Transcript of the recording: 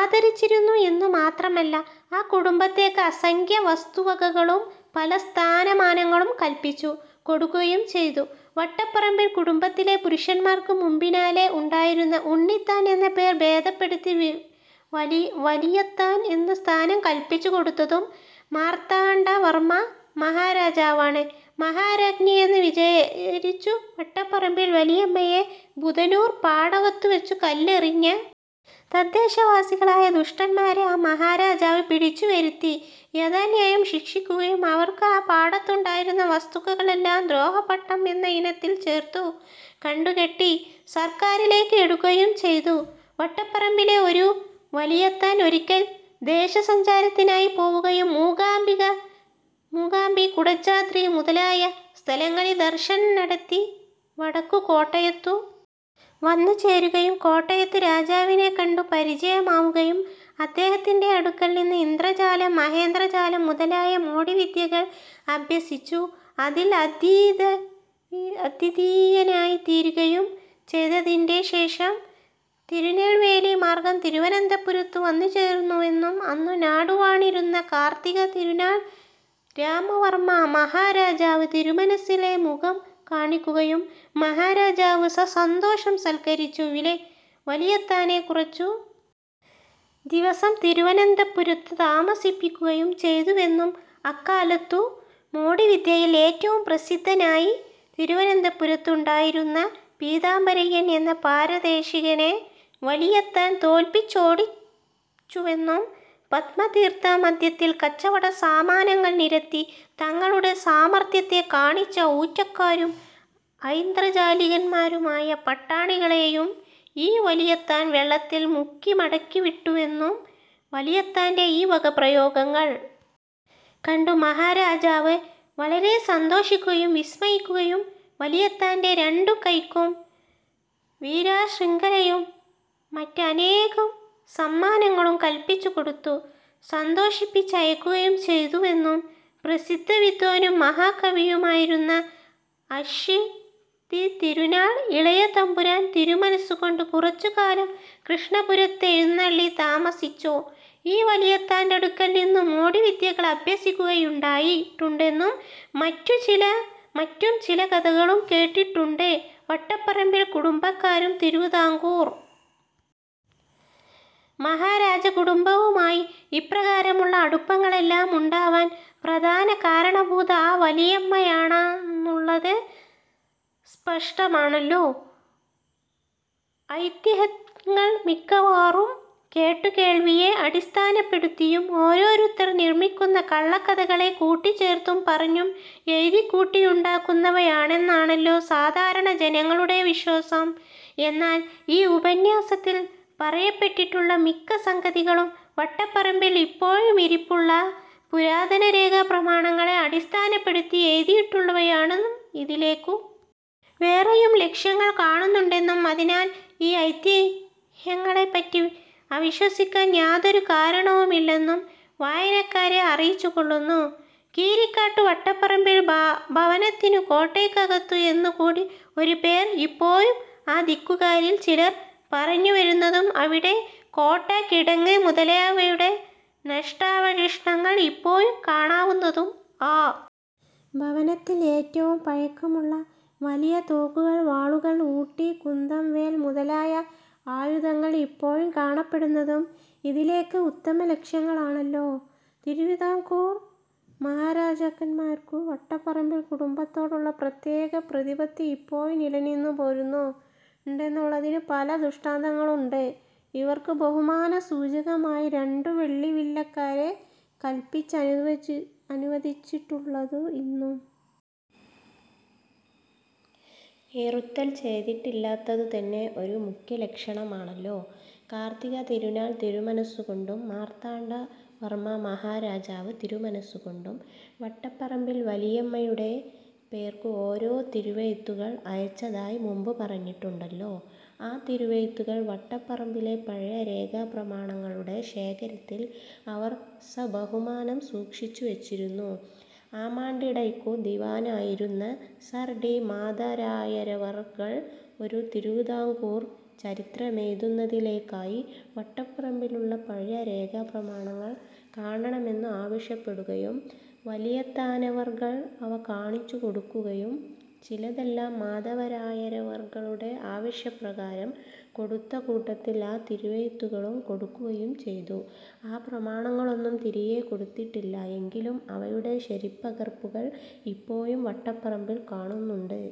ആദരിച്ചിരുന്നു എന്നു മാത്രമല്ല ആ കുടുംബത്തേക്കു അസംഖ്യം വസ്തുവകകളും പല സ്ഥാനമാനങ്ങളും കൽപ്പിച്ചു കൊടുക്കുകയും ചെയ്തു വട്ടപ്പറമ്പിൽ കുടുംബത്തിലെ പുരുഷന്മാർക്കു മുമ്പിനാലെ ഉണ്ടായിരുന്ന ഉണ്ണിത്താൻ എന്ന പേർ ഭേദപ്പെടുത്തി വലിയത്താൻ എന്ന സ്ഥാനം കൽപ്പിച്ചുകൊടുത്തതും മാർത്താണ്ഡവർമ്മ മഹാരാജാവാണു് മഹാരാജ്ഞിയെന്നു വിചാരിച്ചു വട്ടപ്പറമ്പിൽ വലിയമ്മയെ ബുധനൂർ പാടത്തുവച്ചുകല്ലെറിഞ്ഞ തദ്ദേശവാസികളായ ദുഷ്ടന്മാരെ ആ മഹാരാജാവു് പിടിച്ചുവരുത്തി യഥാന്യായം ശിക്ഷിക്കുകയും അവർക്കു ആ പാടത്തുണ്ടായിരുന്ന വസ്തുക്കളെല്ലാം ദ്രോഹപാട്ടം എന്ന ഇനത്തിൽ ചേർത്തു കണ്ടുകെട്ടി സർക്കാരിലേക്കു് എടുക്കുകയും ചെയ്തു വട്ടപ്പറമ്പിലെ ഒരു വലിയത്താൻ ഒരിക്കൽ ദേശസഞ്ചാരത്തിനായി പോവുകയും മൂകാംബി കുടജാദ്രി മുതലായ സ്ഥലങ്ങളിൽ ദർശനം നടത്തി വടക്കു കോട്ടയത്തു വന്നുചേരുകയും കോട്ടയത്തു രാജാവിനെ കണ്ടു പരിചയമാവുകയും അദ്ദേഹത്തിന്റെ അടുക്കൽ നിന്നു ഇന്ദ്രജാലം മഹേന്ദ്രജാലം മുതലായ മോടിവിദ്യകൾ അഭ്യസിച്ചു അതിൽ അദ്വിതീയനായിത്തീരുകയും ചെയ്തതിന്റെ ശേഷം തിരുനെൽവേലി മാർഗ്ഗം തിരുവനന്തപുരത്തു വന്നുചേർന്നുവെന്നും അന്നു നാടുവാണിരുന്ന കാർത്തികതിരുനാൾ രാമവർമ്മമഹാരാജാവു് തിരുമനസ്സിലെ മുഖം കാണിക്കുകയും മഹാരാജാവു് സസന്തോഷം സൽക്കരിച്ചു വലിയത്താനെ കുറച്ചു ദിവസം തിരുവനന്തപുരത്തു താമസിപ്പിക്കുകയും ചെയ്തുവെന്നും അക്കാലത്തു മോടിവിദ്യയിൽ ഏറ്റവും പ്രസിദ്ധനായി തിരുവനന്തപുരത്തുണ്ടായിരുന്ന പീതാംബരയ്യൻ എന്ന പാരദേശികനെ വലിയത്താൻ തോൽപ്പിച്ചോടിച്ചുവെന്നും പത്മതീർത്ഥ മദ്ധ്യത്തിൽ കച്ചവടസാമാനങ്ങൾ നിരത്തി തങ്ങളുടെ സാമർത്ഥ്യത്തെ കാണിച്ച ഊറ്റക്കാരും ഐന്ദ്രജാലികന്മാരുമായ പട്ടാണികളെയും ഈ വലിയത്താൻ വെള്ളത്തിൽ മുക്കി മടക്കിവിട്ടുവെന്നും വലിയത്താന്റെ ഈ വക പ്രയോഗങ്ങൾ കണ്ടു മഹാരാജാവു് വലരെ സന്തോഷിക്കുകയും വിസ്മയിക്കുകയും വലിയത്താന്റെ രണ്ടു കൈയ്ക്കും വീരശ്രംഖലയും മറ്റനേകം സമ്മാനങ്ങളും കൽപ്പിച്ചു കൊടുത്തു് സന്തോഷിപ്പിച്ചയക്കുകയും ചെയ്തുവെന്നും പ്രസിദ്ധവിദ്വാനും മഹാകവിയുമായിരുന്ന അശ്വതിതിരുനാൾ ഇളയതമ്പുരാൻ തിരുമനസ്സുകൊണ്ടു് കുറച്ചുകാലം കൃഷ്ണപുരത്തെഴുന്നള്ളി താമസിച്ചു ഈ വലിയത്താന്റടുക്കൽനിന്നു മോടിവിദ്യകളഭ്യസിക്കയുണ്ടായിട്ടുണ്ടെന്നും മറ്റും ചില കഥകളും കേട്ടിട്ടുണ്ടു് വട്ടപ്പറമ്പിൽ കുടുംബക്കാരും തിരുവതാംകൂർ മഹാരാജകുടുംബവുമായി ഇപ്രകാരമുള്ള അടുപ്പങ്ങളെല്ലാമുണ്ടാവാൻ പ്രധാന കാരണഭൂത ആ വലിയമ്മയാണന്നുള്ളതു് സ്പഷ്ടമാണല്ലോ ഐതിഹ്യങ്ങൾ മിക്കവാറും കേട്ടുകേൾവിയെ അടിസ്ഥാനപ്പെടുത്തിയും ഓരോരുത്തർ നിർമിക്കുന്ന കള്ളക്കഥകളെ കൂട്ടിച്ചേർത്തും പറഞ്ഞും എഴുതിക്കൂട്ടിയുണ്ടാക്കുന്നവയാണന്നാണല്ലോ സാധാരണ ജനങ്ങളുടെ വിശ്വാസം എന്നാൽ ഈ ഉപന്യാസത്തിൽ പറയപ്പെട്ടിട്ടുള്ള മിക്ക സംഗതികളും വട്ടപ്പറമ്പിൽ ഇപ്പോഴുമിരിപ്പുള്ള പുരാതനരേഖാപ്രമാണങ്ങളെ അടിസ്ഥാനപ്പെടുത്തി എഴുതിയിട്ടുള്ളവയാണന്നും ഇതിലേക്കു വേറേയും ലക്ഷ്യങ്ങൾ കാണുന്നുണ്ടെന്നും അതിനാൽ ഈ ഐതിഹ്യങ്ങളെപ്പറ്റി അവിശ്വസിക്കാൻ യാതൊരു കാരണവുമില്ലന്നും വായനക്കാരെ അറിയിച്ചുകൊള്ളുന്നു കീരിക്കാട്ടു വട്ടപ്പറമ്പിൽ ഭവനത്തിനു കോട്ടയ്ക്കകത്തു എന്നു കൂടി ഒരു പേർ ഇപ്പോഴും ആ ദിക്കുകാരിൽ ചിലർ പറഞ്ഞു വരുന്നതും അവിടെ കോട്ട കിടങ്ങു് മുതലായവയുടെ നഷ്ടാവശിഷ്ടങ്ങൾ ഇപ്പോഴും കാണാവുന്നതും ആ ഭവനത്തിൽ ഏറ്റവും പഴക്കമുള്ള വലിയ തോക്കുകൾ വാളുകൾ ഈട്ടി കുന്തം വേൽ മുതലായ ആയുധങ്ങൾ ഇപ്പോഴും കാണപ്പെടുന്നതും ഇതിലേക്കു ഉത്തമ ലക്ഷ്യങ്ങളാണല്ലോ തിരുവതാംകൂർ മഹാരാജാക്കന്മാർക്കു വട്ടപ്പറമ്പിൽ കുടുംബത്തോടുള്ള പ്രത്യേകപ്രതിപത്തി ഇപ്പോഴും നിലനിന്നു പോരുന്നു ണ്ടെന്നുള്ളതിനു പല ദൃഷ്ടാന്തങ്ങളുണ്ടു് ഇവർക്കു ബഹുമാനസൂചകമായി രണ്ടു വെള്ളിവില്ലക്കാരെ കൽപ്പിച്ചനുവദിച്ചിട്ടുള്ളതു ഇന്നും നിറുത്തൽ ചെയ്തിട്ടില്ലാത്തതുതന്നെ ഒരു മുഖ്യലക്ഷണമാണല്ലോ കാർത്തിക തിരുനാൾതിരുമനസ്സുകൊണ്ടും മാർത്താണ്ഡവർമ്മ മഹാരാജാവു് തിരുമനസ്സുകൊണ്ടും വട്ടപ്പറമ്പിൽ വലിയമ്മയുടെ പേർക്കു ഓരോ തിരുവെഴുത്തുകൾ അയച്ചതായി മുമ്പു പറഞ്ഞിട്ടുണ്ടല്ലോ ആ തിരുവെഴുത്തുകൾ വട്ടപ്പറമ്പിലെ പഴയ രേഖാപ്രമാണങ്ങളുടെ ശേഖരത്തിൽ അവർ സബഹുമാനം സൂക്ഷിച്ചു വച്ചിരുന്നു ആമാണ്ടിടയ്ക്കു ദിവാനായിരുന്ന സർ ടി മാധരായരവർകൾ ഒരു തിരുവതാംകൂർ ചരിത്രമെഴുതുന്നതിലേക്കായി വട്ടപ്പറമ്പിലുള്ള പഴയ രേഖാപ്രമാണങ്ങൾ കാണണമെന്നു് ആവശ്യപ്പെടുകയും വലിയത്താനവർകൾ അവ കാണിച്ചു കൊടുക്കുകയും ചിലതെല്ലാം മാധവരായരവർകളുടെ ആവശ്യപ്രകാരം കൊടുത്തകൂട്ടത്തിൽ ആ തിരുവെഴുത്തുകളും കൊടുക്കുകയും ചെയ്തു ആ പ്രമാണങ്ങളൊന്നും തിരിയെ കൊടുത്തിട്ടില്ല എങ്കിലും അവയുടെ ശരിപ്പകർപ്പുകൾ ഇപ്പോഴും വട്ടപ്പറമ്പിൽ കാണുന്നുണ്ടു്.